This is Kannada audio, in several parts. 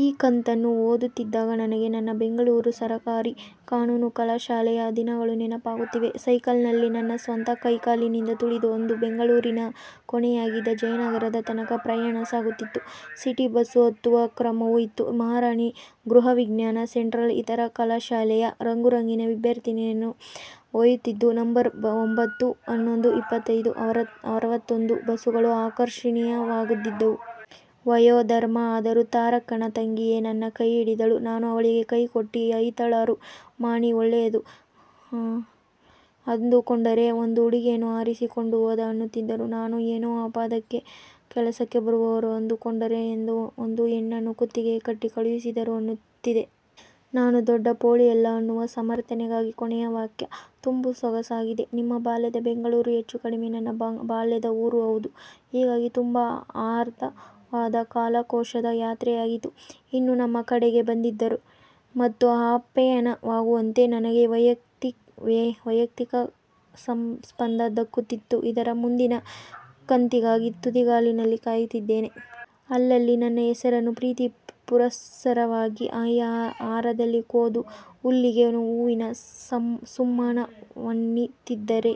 ಈ ಕಂತನ್ನು ಓದುತ್ತಿದ್ದಾಗ ನನಗೆ ನನ್ನ ಬೆಂಗಳೂರು ಸರಕಾರಿ ಕಾನೂನು ಕಲಾಶಾಲೆಯ ದಿನಗಳು ನೆನಪಾಗುತ್ತವೆ. ಸೈಕಲ್ಲಿನಲ್ಲಿ ನನ್ನ ಸ್ವಂತ ಕೈಕಾಲಿನಿಂದ ತುಳಿದು ಅಂದು ಬೆಂಗಳೂರಿನ ಕೊನೆಯಾಗಿದ್ದ ಜಯನಗರದ ತನಕ ಪ್ರಯಾಣ ಸಾಗುತ್ತಿತ್ತು. ಸಿಟಿ ಬಸ್ಸು ಹತ್ತುವ ಕ್ರಮವೂ ಇತ್ತು. ಮಹಾರಾಣಿ, ಗೃಹವಿಜ್ನಾನ, ಸೆಂಟ್ರಲ್ ಇತರ ಕಲಾಶಾಲೆಯ ರಂಗು ರಂಗಿನ ವಿದ್ಯಾರ್ಥಿನಿಯರನ್ನು ಒಯ್ಯುತ್ತಿದ್ದ ನಂಬರ್ ಒಂಭತ್ತು, ಹನ್ನೊಂದು, ಇಪ್ಪತ್ತೊಂದು, ಅರವತ್ತೊಂದು ಬಸ್ಸುಗಳು ಆಕರ್ಷಣೀಯವಾಗಿದ್ದುವು. ವಯೋ ಧರ್ಮ. ಆದರೂ ತಾರಕ್ಕನ ತಂಗಿಯೆ ನನ್ನ ಕೈಹಿಡಿದಳು ನಾನು ಅವಳಿಗೆ ಕೈ ಕೊಟ್ಟೆ. ಐತಾಳರು "ಮಾಣಿ ಒಳ್ಲೆಯದು ಅಂದು ಕೊಂಡರೆ ಒಂದು ಹುಡುಗಿಯನ್ನು ಹಾರಿಸಿ ಕೊಂಡು ಹೋದ" ಅನ್ನುತ್ತಿದ್ದರು. ನಾನು "ಏನೋ ಆಪದಕ್ಕೆ ಕೆಲಸಕ್ಕೆ ಬರುವವರು ಅಂದು ಕೊಂಡರೆ ಒಂದು ಹೆಣ್ಣನ್ನು ಕುತ್ತಿಗೆಗೆ ಕಟ್ಟಿ ಕಳುಹಿಸಿದರು ಅನ್ನುತ್ತಿದ್ದೆ. ನಾನು ದೊಡ್ಡ ಪೊಲಿಯಲ್ಲ ಅನ್ನುವ ಸಮರ್ಥನೆಗಾಗಿ, ಕೊನೆಯ ವಾಕ್ಯ. ತುಂಬ ಸೊಗಸಾಗಿದೆ. ನಿಮ್ಮ ಬಾಲ್ಯದ ಬೆಂಗಳೂರು ಹೆಚ್ಚು ಕಡಿಮೆ ನನ್ನ ಬಾಲ್ಯದ ಊರೂ ಹೌದು. ಹೀಗಾಗಿ ತುಂಬ ಹಾರ್ದವಾದ ಕಾಲಕೋಶದ ಯಾತ್ರೆಯಾಯಿತು. ಇನ್ನೂ ನಮ್ಮ ಕಡೆಗೆ ಬಂದಿದ್ದರೆ ಮತ್ತೂ ಆಪ್ಯಾಯನವಾಗುವಂತೆ ನನಗೆ ವೈಯಕ್ತಿಕಸ್ಪಂದ ದಕ್ಕುತ್ತಿತ್ತುಇದರ ಮುಂದಿನ ಕಂತಿಗಾಗಿ ತುದಿಗಾಲಿನಲ್ಲಿ ಕಾಯುತ್ತಿದ್ದೇನೆ. ಅಲ್ಲಲ್ಲಿ ನನ್ನ ಹೆಸರನ್ನೂ ಪ್ರೀತಿ ಪುರಸ್ಸರವಾಗಿ ಈ ಹಾರದಲ್ಲಿ ಕೋದು ಹುಲ್ಲಿಗೆ ಹೂವಿನ ಸುಮ್ಮಾನವನ್ನಿತ್ತಿದ್ದೀರಿ;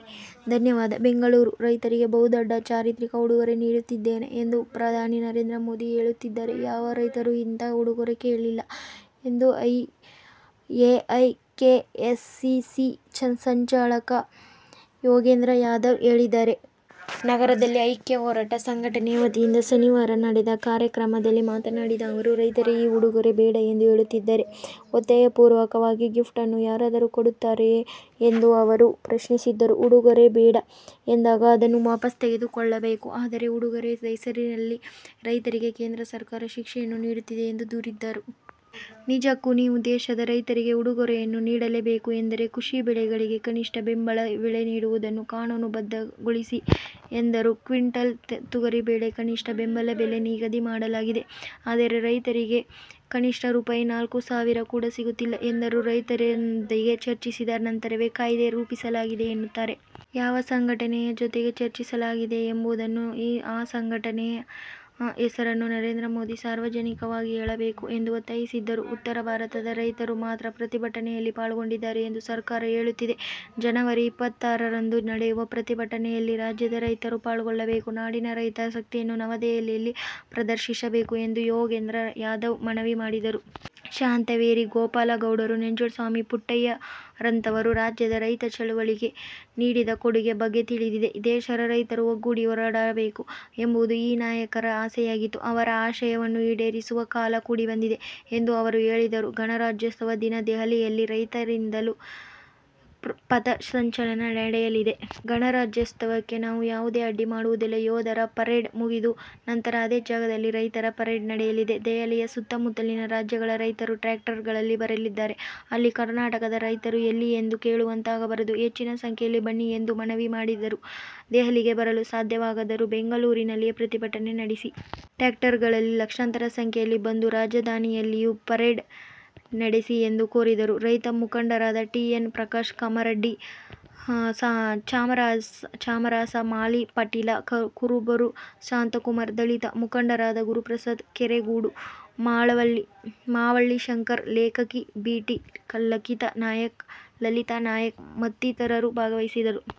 ಧನ್ಯವಾದ. ಬೆಂಗಳೂರು: 'ರೈತರಿಗೆ ಬಹುದೊಡ್ಡ ಚಾರಿತ್ರಿಕ ಉಡುಗೊರೆ ನೀಡುತ್ತಿದ್ದೇನೆ ಎಂದು ಪ್ರಧಾನಿ ನರೇಂದ್ರ ಮೋದಿ ಹೇಳುತ್ತಿದ್ದಾರೆ. ಯಾವ ರೈತರೂ ಇಂತಹ ಉಡುಗೊರೆ ಕೇಳಿಲ್ಲ' ಎಂದು ಎಐಕೆಎಸ್ ಸಿಸಿ ಸಂಚಾಲಕ ಯೋಗೇಂದ್ರ ಯಾದವ್ ಹೇಳಿದರು. ನಗರದಲ್ಲಿ 'ಐಕ್ಯ ಹೋರಾಟ' ಸಂಘಟನೆಯ ವತಿಯಿಂದ ಶನಿವಾರ ನಡೆದ ಕಾರ್ಯಕ್ರಮದಲ್ಲಿ ಮಾತನಾಡಿದ ಅವರು, 'ರೈತರೇ ಈ ಉಡುಗೊರೆ ಬೇಡ ಎಂದು ಹೇಳುತ್ತಿದ್ದಾರೆ. ಒತ್ತಾಯಪೂರ್ವಕವಾಗಿ ಗಿಫ್ಟ್ ಅನ್ನು ಯಾರಾದರೂ ಕೊಡುತ್ತಾರೆಯೇ' ಎಂದು ಅವರು ಪ್ರಶ್ನಿಸಿದರು. 'ಉಡುಗೊರೆ ಬೇಡ ಎಂದಾಗ ಅದನ್ನು ವಾಪಸ್ ತೆಗೆದುಕೊಳ್ಳಬೇಕು. ಆದರೆ, ಉಡುಗೊರೆ ಹೆಸರಲ್ಲಿ ರೈತರಿಗೆ ಕೇಂದ್ರ ಸರ್ಕಾರ ಶಿಕ್ಷೆಯನ್ನೇ ನೀಡುತ್ತಿದೆ' ಎಂದು ದೂರಿದರು. 'ನಿಜಕ್ಕೂ ನೀವು ದೇಶದ ರೈತರಿಗೆ ಉಡುಗೊರೆಯನ್ನು ನೀಡಲೇಬೇಕು ಎಂದರೆ ಕೃಷಿ ಬೆಳೆಗಳಿಗೆ ಕನಿಷ್ಠ ಬೆಂಬಲ ಬೆಲೆ ನೀಡುವುದನ್ನು ಕಾನೂನು ಬದ್ಧಗೊಳಿಸಿ' ಎಂದರು. ಕ್ವಿಂಟಲ್ ತೊಗರಿಬೇಳೆಗೆ ಕನಿಷ್ಠ ಬೆಂಬಲ ಬೆಲೆ ನಿಗದಿ ಮಾಡಲಾಗಿದೆ. ಆದರೆ, ರೈತರಿಗೆ ಕನಿಷ್ಠ ರೂಪಾಯಿ ನಾಲ್ಕು ಸಾವಿರ ಕೂಡ ಸಿಗುತ್ತಿಲ್ಲ' ಎಂದರು. 'ರೈತರೊಂದಿಗೆ ಚರ್ಚಿಸಿದ ನಂತರವೇ ಕಾಯ್ದೆ ರೂಪಿಸಲಾಗಿದೆ ಎನ್ನುತ್ತಾರೆ. ಯಾವ ಸಂಘಟನೆ ಜೊತೆಗೆ ಚರ್ಚಿಸಲಾಗಿದೆ ಎಂಬುದನ್ನು, ಆ ಸಂಘಟನೆಯ ಹೆಸರನ್ನು ನರೇಂದ್ರ ಮೋದಿ ಸಾರ್ವಜನಿಕವಾಗಿ ಹೇಳಬೇಕು' ಎಂದು ಒತ್ತಾಯಿಸಿದರು. 'ಉತ್ತರ ಭಾರತದ ರೈತರು ಮಾತ್ರ ಪ್ರತಿಭಟನೆಯಲ್ಲಿ ಪಾಲ್ಗೊಂಡಿದ್ದಾರೆ ಎಂದು ಸರ್ಕಾರ ಹೇಳುತ್ತಿದೆ. ಜನವರಿ ಇಪ್ಪತ್ತಾರರಂದು ನಡೆಯುವ ಪ್ರತಿಭಟನೆಯಲ್ಲಿ ರಾಜ್ಯದ ರೈತರೂ ಪಾಲ್ಗೊಳ್ಳಬೇಕು. ನಾಡಿನ ರೈತ ಶಕ್ತಿಯನ್ನು ನವದೆಹಲಿಯಲ್ಲಿ ಪ್ರದರ್ಶಿಸಬೇಕು' ಎಂದು ಯೋಗೇಂದ್ರ ಯಾದವ್ ಮನವಿ ಮಾಡಿದರು. 'ಶಾಂತವೇರಿ ಗೋಪಾಲಗೌಡರು, ನಂಜುಂಡಸ್ವಾಮಿ, ಪುಟ್ಟಣ್ಣಯ್ಯರಂಥವರು ರಾಜ್ಯದ ರೈತ ಚಳವಳಿಗೆ ನೀಡಿದ ಕೊಡುಗೆ ಬಗ್ಗೆ ತಿಳಿದಿದೆ. ದೇಶದ ರೈತರು ಒಗ್ಗೂಡಿ ಹೋರಾಡಬೇಕು ಎಂಬುದು ಈ ನಾಯಕರ ಆಸೆಯಾಗಿತ್ತು. ಅವರ ಆಶಯವನ್ನು ಈಡೇರಿಸುವ ಕಾಲ ಕೂಡಿ ಬಂದಿದೆ' ಎಂದೂ ಅವರು ಹೇಳಿದರು. 'ಗಣರಾಜ್ಯೋತ್ಸವ ದಿನ ದೆಹಲಿಯಲ್ಲಿ ರೈತರಿಂದಲೂ ಪಥಸಂಚಲನ ನಡೆಯಲಿದೆ. ಗಣರಾಜ್ಯೋತ್ಸವಕ್ಕೆ ನಾವು ಯಾವುದೇ ಅಡ್ಡಿ ಮಾಡುವುದಿಲ್ಲ. ಯೋಧರ ಪರೇಡ್ ಮುಗಿದ ನಂತರ, ಅದೇ ಜಾಗದಲ್ಲಿ ರೈತರ ಪರೇಡ್ ನಡೆಯಲಿದೆ. ದೆಹಲಿಯ ಸುತ್ತ–ಮುತ್ತಲಿನ ರಾಜ್ಯಗಳ ರೈತರು ಟ್ರ್ಯಾಕ್ಟರ್ಗಳಲ್ಲಿ ಬರಲಿದ್ದಾರೆ. ಅಲ್ಲಿ ಕರ್ನಾಟಕದ ರೈತರು ಎಲ್ಲಿ ಎಂದು ಕೇಳುವಂತಾಗಬಾರದು. ಹೆಚ್ಚಿನ ಸಂಖ್ಯೆಯಲ್ಲಿ ಬನ್ನಿ' ಎಂದು ಮನವಿ ಮಾಡಿದರು. 'ದೆಹಲಿಗೆ ಬರಲು ಸಾಧ್ಯವಾಗದವರು ಬೆಂಗಳೂರಿನಲ್ಲಿಯೇ ಪ್ರತಿಭಟನೆ ನಡೆಸಿ. ಟ್ರ್ಯಾಕ್ಟರ್ಗಳಲ್ಲಿ ಲಕ್ಷಾಂತರ ಸಂಖ್ಯೆಯಲ್ಲಿ ಬಂದು ರಾಜಧಾನಿಯಲ್ಲಿಯೂ ಪರೇಡ್ ನಡೆಸಿ' ಎಂದು ಕೋರಿದರು. ರೈತ ಮುಖಂಡರಾದ ಟಿ. ಎನ್. ಪ್ರಕಾಶ್ ಕಮ್ಮರಡಿ, ಚಾಮರಸ ಮಾಲಿಪಾಟೀಲ, ಕುರಬೂರು ಶಾಂತಕುಮಾರ್, ದಲಿತ ಮುಖಂಡರಾದ ಗುರುಪ್ರಸಾದ್ ಕೆರೆಗೋಡು, ಮಾವಳ್ಳಿ ಶಂಕರ್, ಲೇಖಕಿ ಬಿ. ಟಿ. ಲಲಿತಾ ನಾಯಕ್ ಮತ್ತಿತರರು ಭಾಗವಹಿಸಿದರು.